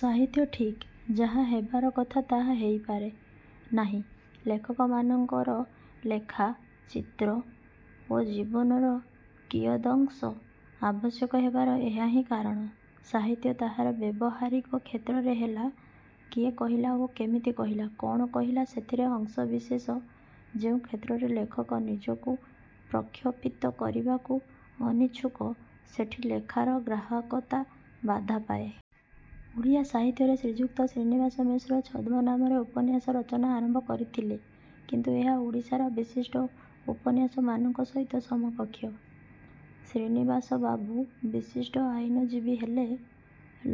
ସାହିତ୍ୟ ଠିକ୍ ଯାହା ହେବାର କଥା ତାହା ହେଇ ପାରେ ନାହିଁ। ଲେଖକମାନଙ୍କର ଲେଖା, ଚିତ୍ର ଓ ଜୀବନର କିୟଦଂଶ ଆବଶ୍ୟକ ହେବାର ଏହାହିଁ କାରଣ। ସାହିତ୍ୟ ତାହାର ବ୍ୟବହାରିକ କ୍ଷେତ୍ରରେ ହେଲା–କିଏ କହିଲା ଓ କେମିତି କହିଲା? କ'ଣ କହିଲା ସେଥିରେ ଅଂଶବିଶେଷ। ଯେଉଁ କ୍ଷେତ୍ରରେ ଲେଖକ ନିଜକୁ ପ୍ରଖ୍ୟପିତ କରିବାକୁ ଅନିଚ୍ଛୁକ ସେଠି ଲେଖାର ଗ୍ରାହକତା ବାଧା ପାଏ। ଓଡ଼ିଆ ସାହିତ୍ୟରେ ଶ୍ରୀଯୁକ୍ତ ଶ୍ରୀନିବାସ ମିଶ୍ର ଛଦ୍ମନାମରେ ଉପନ୍ୟାସ ରଚନା ଆରମ୍ଭ କରିଥିଲେ। କିନ୍ତୁ ଏହା ଓଡ଼ିଶାର ବିଶିଷ୍ଟ ଉପନ୍ୟାସମାନଙ୍କ ସହିତ ସମକକ୍ଷ। ଶ୍ରୀନିବାସବାବୁ ବିଶିଷ୍ଟ ଆଇନଜୀବୀ ହେଲେ।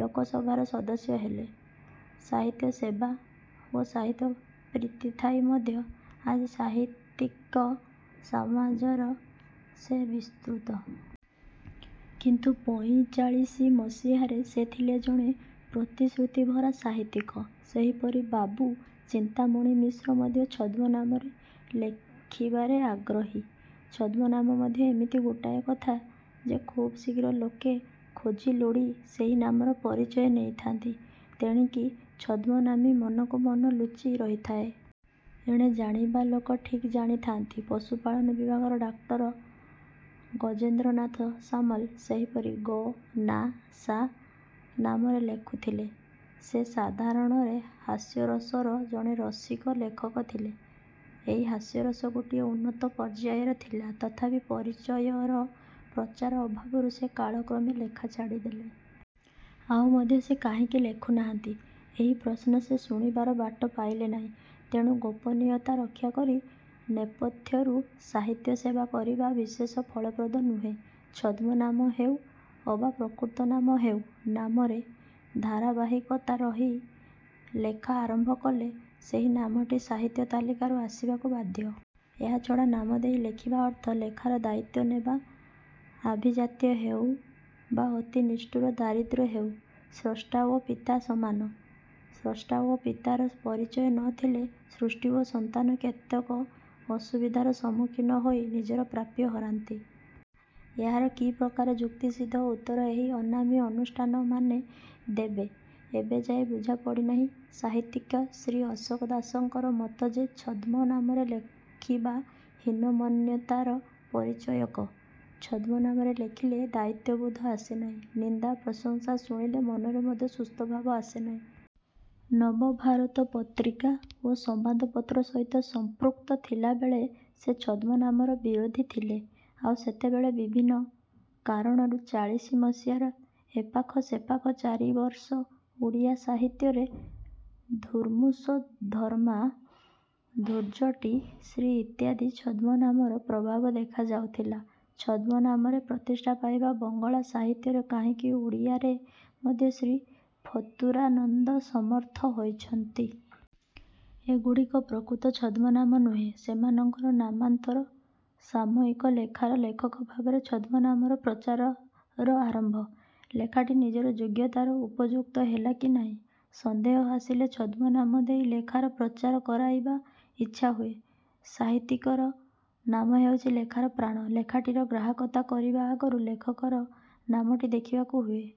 ଲୋକସଭାର ସଦସ୍ୟ ହେଲେ। ସାହିତ୍ୟ ସେବା ଓ ସାହିତ୍ୟ ପ୍ରୀତି ଥାଇ ମଧ୍ୟ ଆଜି ସାହିତ୍ୟିକ ସମାଜରେ ସେ ବିସ୍ମୃତ। କିନ୍ତୁ ପଇଁଚାଳିଶି ମସିହାରେ ସେ ଥିଲେ ଜଣେ ପ୍ରତିଶୃତିଭରା ସାହିତ୍ୟିକ। ସେହିପରି ବାବୁ ଚିନ୍ତାମଣି ମିଶ୍ର ମଧ୍ୟ ଛଦ୍ମ ନାମରେ ଲେଖିବାରେ ଆଗ୍ରହୀ। ଛଦ୍ମନାମ ମଧ୍ୟ ଏମିତି ଗୋଟାଏ କଥା ଯେ ଖୁବ୍ ଶୀଘ୍ର ଲୋକେ ଖୋଜିଲୋଡ଼ି ସେହି ନାମର ପରିଚୟ ନେଇଯାନ୍ତି। ତେଣିକି ଛଦ୍ମନାମୀ ମନକୁ ମନ ଲୁଚି ରହିଥାଏ। ଏଣେ ଜାଣିବା ଲୋକେ ଠିକ୍ ଜାଣିଥାନ୍ତି। ପଶୁପାଳନ ବିଭାଗର ଡାକ୍ତର ଗଜେନ୍ଦ୍ରନାଥ ସାମଲ ସେହିପରି ଗ–ନା–ସା ନାମରେ ଲେଖୁଥିଲେ। ସେ ସାଧାରଣରେ ହାସ୍ୟରସର ଜଣେ ରସିକ ଲେଖକ ଥିଲେ। ଏହି ହାସ୍ୟରସ ଗୋଟିଏ ଉନ୍ନତ ପର୍ଯ୍ୟାୟର ଥିଲା। ତଥାପି ପରିଚୟର ପ୍ରଚାର ଅଭାବରୁ ସେ କାଳକ୍ରମେ ଲେଖା ଛାଡ଼ିଦେଲେ। ଆଉ ମଧ୍ୟ ସେ କାହିଁକି ଲେଖୁ ନାହାନ୍ତି–ଏହି ପ୍ରଶ୍ନ ସେ ଶୁଣିବାର ବାଟ ପାଇଲେ ନାହିଁ। ତେଣୁ ଗୋପନୀୟତା ରକ୍ଷା କରି ନେପଥ୍ୟରୁ ସାହିତ୍ୟସେବା କରିବା ବିଶେଷ ଫଳପ୍ରଦ ନୁହେଁ। ଛଦ୍ମନାମ ହେଉ ଅବା ପ୍ରକୃତ ନାମ ହେଉ ନାମରେ ଧାରାବାହିକତା ରହି ଲେଖା ଆରମ୍ଭ କଲେ ସେହି ନାମଟି ସାହିତ୍ୟ ତାଲିକାକୁ ଆସିବାକୁ ବାଧ୍ୟ। ଏହାଛଡ଼ା ନାମ ଦେଇ ଲେଖିବା ଅର୍ଥ ଲେଖାର ଦାୟିତ୍ୱ ନେବା। ଆଭିଜାତ୍ୟ ହେଉ ବା ଅତି ନିଷ୍ଠୁର ଦାରିଦ୍ର୍ୟ ହେଉ ସ୍ରଷ୍ଟା ଓ ପିତା ସମାନ। ସ୍ରଷ୍ଟା ଓ ପିତାର ପରିଚୟ ନ ଥିଲେ ସୃଷ୍ଟି ଓ ସନ୍ତାନ କେତେକ ଅସୁବିଧାର ସମ୍ମୁଖୀନ ହୋଇ ନିଜର ପ୍ରାପ୍ୟ ହରାନ୍ତି। ଏହାର କି ପ୍ରକାରର ଯୁକ୍ତିସିଦ୍ଧ ଉତ୍ତର ଏହି ଅନାମୀ ଅନୁଷ୍ଠାନମାନେ ଦେବେ ଏବେଯାଏ ବୁଝାପଡ଼ି ନାହିଁ। ସାହିତ୍ୟିକ ଶ୍ରୀ ଅଶୋକ ଦାସଙ୍କର ମତ ଯେ ଛଦ୍ମ ନାମରେ ଲେଖିବା ହୀନମନ୍ୟତାର ପରିଚାୟକ। ଛଦ୍ମ ନାମରେ ଲେଖିଲେ ଦାୟିତ୍ୱବୋଧ ଆସେ ନାହିଁ। ନିନ୍ଦା ପ୍ରଶଂସା ଶୁଣିଲେ ମନରେ ମଧ୍ୟ ସୁସ୍ଥ ଭାବ ଆସେ ନାହିଁ। ନବଭାରତ ପତ୍ରିକା ଓ ସମ୍ୱାଦପତ୍ର ସହିତ ସଂପୃକ୍ତ ଥିଲାବେଳେ ସେ ଛଦ୍ମନାମର ବିରୋଧି ଥିଲେ। ଆଉ ସେତେବେଳେ ବିଭିନ୍ନ। କାରଣରୁ ଚାଳିଶି ମସିହାର ଏପାଖ ସେପାଖ ଚାରିବର୍ଷ ଓଡ଼ିଆ ସାହିତ୍ୟରେ ଧୁର୍ମୁଷଧର୍ମା, ଧୁର୍ଜଟି, ଶ୍ରୀ ଇତ୍ୟାଦି ଛଦ୍ମନାମର ପ୍ରଭାବ ଦେଖା ଯାଉଥିଲା। ଛଦ୍ମ ନାମରେ ପ୍ରତିଷ୍ଠା ପାଇବା ବଙ୍ଗଳା ସାହିତ୍ୟରେ କାହିଁକି ଓଡ଼ିଆରେ ମଧ୍ୟ ଶ୍ରୀ ଫତୁରାନନ୍ଦ ସମର୍ଥ ହୋଇଛନ୍ତି। ଏଗୁଡ଼ିକ ପ୍ରକୃତରେ ଛଦ୍ମନାମ ନୁହେଁ–ସେମାନଙ୍କର ନାମାନ୍ତର। ସାମୟିକ ଲେଖାର ଲେଖକ ଭାବରେ ଛଦ୍ମ ନାମର ପ୍ରଚାରର ଆରମ୍ଭ। ଲେଖାଟି ନିଜର ଯୋଗ୍ୟତାର ଉପଯୁକ୍ତ ହେଲା କି ନାହିଁ–ସନ୍ଦେହ ଆସିଲେ ଛଦ୍ମ ନାମ ଦେଇ ଲେଖାର ପ୍ରଚାର କରାଇବା ଇଚ୍ଛା ହୁଏ। ସାହିତ୍ୟିକର ନାମ ହେଉଛି ଲେଖାର ପ୍ରାଣ। ଲେଖାଟିର ଗ୍ରାହକତା କରିବା ଆଗରୁ ଲେଖକର ନାମଟି ଦେଖିବାକୁ ହୁଏ।